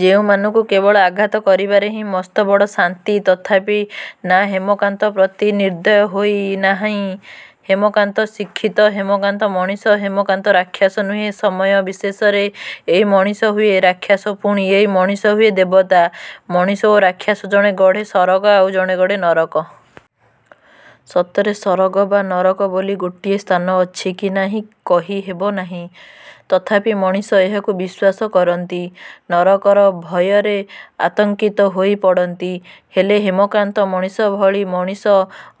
ଯେଉଁମାନଙ୍କୁ କେବଳ ଆଘାତ କରିବାରେ ହିଁ ମସ୍ତବଡ଼ ଶାନ୍ତି, ତଥାପି ନାଁ ହେମକାନ୍ତ ପ୍ରତି ନିର୍ଦୟ ହୋଇ ହେଉନାହିଁ। ହେମକାନ୍ତ ଶିକ୍ଷିତ, ହେମକାନ୍ତ ମଣିଷ, ହେମକାନ୍ତ ରାକ୍ଷସ ନୁହେଁ। ସମୟ ବିଶେଷରେଏଇ ମଣିଷ ହୁଏ ରାକ୍ଷସ, ପୁଣି ଏଇ ମଣିଷ ହୁଏ ଦେବତା। ମଣିଷ ଓ ରାକ୍ଷସ ଜଣେ ଗଢ଼େ ସରଗ ଆଉ ଜଣେ ନରକ। ସତରେ ସରଗ ବା ନରକ ବୋଲି ଗୋଟାଏ ସ୍ଥାନ ଅଛି କି ନାହିଁ କହି ହେବନାହିଁ। ତଥାପି ମଣିଷ ଏହାକୁ ବିଶ୍ୱାସ କରନ୍ତି। ନରକର ଭୟରେ ଆତଙ୍କିତ ହୋଇ ପଡ଼ନ୍ତି। ହେଲେ ହେମକାନ୍ତ ମଣିଷ ଭଳି ମଣିଷ,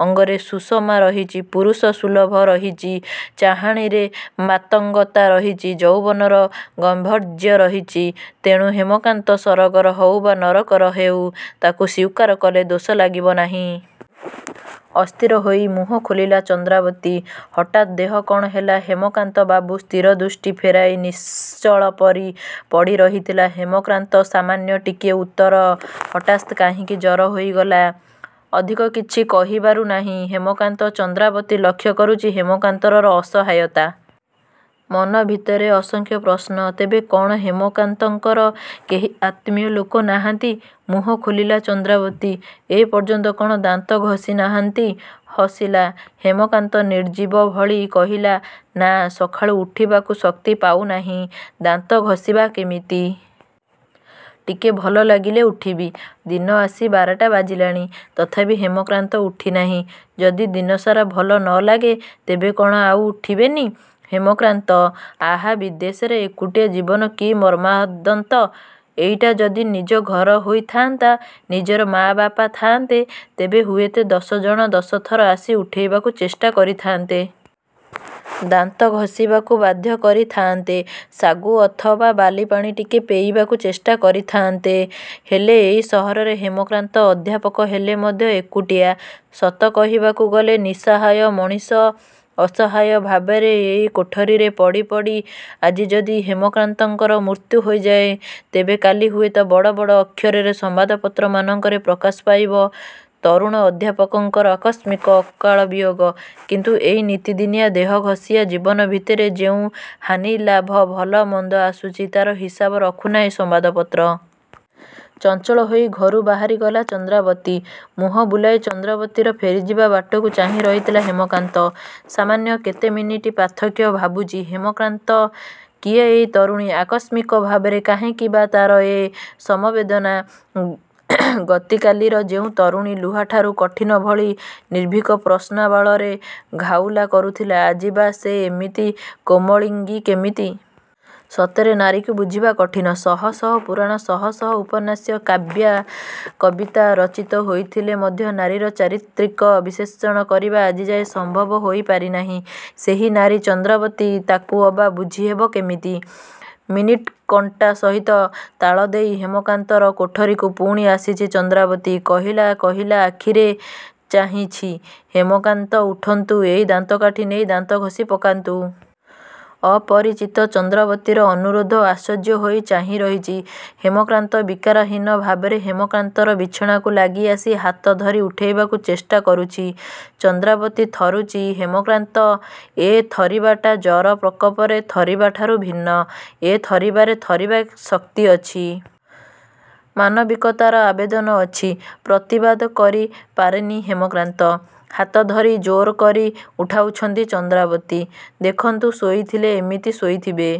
ଅଙ୍ଗରେ ସୁଷମା ରହିଛି, ପୁରୁଷ ସୁଲଭ ରହିଛି, ଚାହାଣୀରେ ମାଦକତା ରହିଛି, ଯୌବନର ଗାମ୍ଭୀର୍ଯ୍ୟ ରିହିଛି, ତେଣୁ ହେମକାନ୍ତ ସରଗର ହେଉ ବା ନରକର ହେଉ ତାକୁ ସ୍ୱୀକାର କଲେ ଦୋଷ ଲାଗିବ ନାହିଁ। ଅସ୍ଥିର ହୋଇ ମୁହଁ ଖୋଲିଲା ଚନ୍ଦ୍ରାବତୀ, ''ହଠାତ୍ ଦେହ କ'ଣ ହେଲା ହେମକାନ୍ତ ବାବୁ? '' ସ୍ଥିର ଦୃଷ୍ଟି ଫେରାଇ ନିଶ୍ଚଳ ପରି ପଡ଼ି ରହିଥିଲ ହେମକାନ୍ତ| ସାମାନ୍ୟ ଟିକିଏ ଉତ୍ତର''ହଠାତ୍ କାହିଁକି ଜର ହୋଇଗଲା |'' ଅଧିକ କିଛି କହିପାରୁ ନାହିଁ ହେମକାନ୍ତ। ଚନ୍ଦ୍ରାବତୀ ଲକ୍ଷ୍ୟ କରୁଛି ହେମକାନ୍ତର ଅସହାୟତା। ମନଭିତରେ ଅସଂଖ୍ୟ ପ୍ରଶ୍ନ, ତେବେ କ'ଣ ହେମାକନ୍ତଙ୍କର କେହି ଆତ୍ମୀୟ ଲୋକ ନାହାନ୍ତି? ମୁହଁ ଖୋଲିଲା ଚନ୍ଦ୍ରାବତୀ ''ଏ ପର୍ଯ୍ୟନ୍ତ କ'ଣ ଦାନ୍ତ ଘଷି ନାହାଁନ୍ତି? '' ହସିଲା ହେମକାନ୍ତ ନିର୍ଜୀବ ଭଳି। କହିଲା 'ନାଁ ସକାଳୁ ଉଠିବାକୁ ଶକ୍ତି ପାଉନାହିଁ। ଦାନ୍ତ ଘଷିବା କେମିତି? ଟିକେ ଭଲ ଲାଗିଲେ ଉଠିବି। '' ଦିନ ଆସି ବାରଟା ବାଜିଲାଣି, ତଥାପି ହେମକାନ୍ତ ଉଠିନାହିଁ। ଯଦି ଦିନସାରା ଭଲ ନ ଲାଗେ, ତେବେ କ'ଣ ଆଉ ଉଠିବେନି ହେମକାନ୍ତ? ଆହା! ବିଦେଶରେ ଏକୁଟିଆ ଜୀବନ କି ମର୍ମନ୍ତୁଦ। ଏଇଟା ଯଦି ନିଜ ଘର ହୋଇ ଥାଆନ୍ତା, ନିଜର ମାଆ ବାପା ଥାଆନ୍ତେ, ତେବେ ହୁଏତ ଦଶ ଜଣ ଦଶ ଥର ଆସି ଉଠାଇବାକୁ ଚେଷ୍ଟା କରି ଥାଆନ୍ତେ। ଦାନ୍ତ ଘଷିବାକୁ ବାଧ୍ୟ କରି ଥାଆନ୍ତେ, ସାଗୁ ଅଥବା ବାଲି ପାଣି ଟିକେ ପେଇବାକୁ ଚେଷ୍ଟା କରି ଥାଆନ୍ତେ, ହେଲେ ଏଇ ସହରରେ ହେମକାନ୍ତ ଅଧ୍ୟାପକ ହେଲେ ମଧ୍ୟ ଏକୁଟିଆ। ସତ କହିବାକୁ ଗଲେ ନିଃସହାୟ ମଣିଷ। ଅସହାୟ ଭାବରେ ଏଇ କୋଠରୀରେ ପଡ଼ି ପଡ଼ି ଆଜି ଯଦି ହେମକାନ୍ତର ମୃତ୍ୟୁ ହୋଇଯାଏ, ତେବେ କାଲି ହୁଏତ ବଡ଼ ବଡ଼ ଅକ୍ଷରରେ ସମ୍ବାଦପତ୍ରମାନଙ୍କରେ ପ୍ରକାଶ ପାଇବ ''ତରୁଣ ଅଧ୍ୟାପକଙ୍କର ଆକସ୍ମିକ ଅକାଳ ବିୟୋଗ '' କିନ୍ତୁ ଏଇ ନିତିଦିନିଆ ଦେହ ଘଷିଆ ଜୀବନ ଭିତରେ ଯେଉଁ ହାନି ଲାଭ, ଭଲ ମନ୍ଦ ଆସୁଛି ତା'ର ହିସାବ ରଖୁନାହିଁ ସମ୍ବାଦପତ୍ର। ଚଞ୍ଚଳ ହୋଇ ଘରୁ ବାହାରିଗଲା ଚନ୍ଦ୍ରାବତୀ। ମୁହଁ ବୁଲାଇ ଚନ୍ଦ୍ରାବତୀର ଫେରିଯିବା ବାଟକୁ ଚାହିଁ ରହିଥିଲା ହେମକାନ୍ତ ସାମାନ୍ୟ କେତେ ମିନିଟ୍ର ପାର୍ଥକ୍ୟ ଭାବୁଛି ହେମକାନ୍ତ। କିଏ ଏଇ ତରୁଣୀ? ଆକସ୍ମିକ ଭାବରେ କାହିଁକି ବା ତା'ର ଏ ସମବେଦନା? ଗତି କାଲି ଯେଉଁ ତରୁଣୀ ଲୁହାଠାରୁ କଠିନ ଭଳି ନିର୍ଭିକ ପ୍ରଶ୍ନବାଣରେ ଘାଉଲା କରୁଥିଲା, ଆଜି ବା ସେ ଏମିତି କୋମଳାଙ୍ଗୀ କେମିତି? ସତରେ, ନାରୀକୁ ବୁଝିବା କଠିନ୍। ଶହ ଶହ ପୁରାଣ, ଶହ ଶହ ଉପନ୍ୟାସ,. କାବ୍ୟ, କବିତା, ରଚିତ ହୋଇଥିଲେ ମଧ୍ୟ ନାରୀର ଚାରିତ୍ରିକ ବିଶ୍ଳେଷଣ କରିବା ଆଜିଯାଏ ସମ୍ଭବ ହୋଇ ପାରିନାହିଁ। ସେହି ନାରୀ ଚନ୍ଦ୍ରାବତୀ ତାକୁ ଅବା ବୁଝି ହେବ କେମିତି? ମିନିଟ୍ର କଣ୍ଟା ସହିତ ତାଳ ଦେଇ ହେମକାନ୍ତର କୋଠରୀକୁ ପୁଣି ଆସିଛି ,ଚନ୍ଦ୍ରାବତୀ କହିଲା କହିଲା ଆଖିରେ ଚାହିଁଛି ହେମକାନ୍ତ''ଉଠନ୍ତୁ, ଏଇ ଦାନ୍ତକାଠି ନେଇ ଦାନ୍ତ ଘଷି ପକାନ୍ତୁ। '' ଅପରିଚିତ ଚନ୍ଦ୍ରାବତୀର ଅନୁରୋଧ। ଆଶ୍ଚର୍ଯ୍ୟ ହୋଇ ଚାହିଁରହିଛି ହେମକାନ୍ତ। ବିକାରହୀନ ଭାବରେ ହେମକାନ୍ତର ବିଛଣାକୁ ଲାଗି ଆସି ହାତ ଧରି ଉଠାଇବାକୁ ଚେଷ୍ଟା କରୁଛି ଚନ୍ଦ୍ରାବତୀ। ଥରୁଛି ହେମକାନ୍ତ। ଏ ଥରିବାଟା ଜର ପ୍ରକୋପରେ ଥରିବା ଠାରୁ ଭିନ୍ନ। ଏ ଥରିବାରେ ଥରିବା ଶକ୍ତି ଅଛି। ମାନବିକତାର ଆବେଦନ ଅଛି। ପ୍ରତିବାଦ କରି ପାରୁନି ହେମକାନ୍ତ। ହାତ ଧରି ଜୋରକରି ଉଠାଉଛି ଚନ୍ଦ୍ରାବତୀ। ''ଦେଖନ୍ତୁ, ଶୋଇଥିଲେ ଏମିତି ଶୋଇଥିବେ।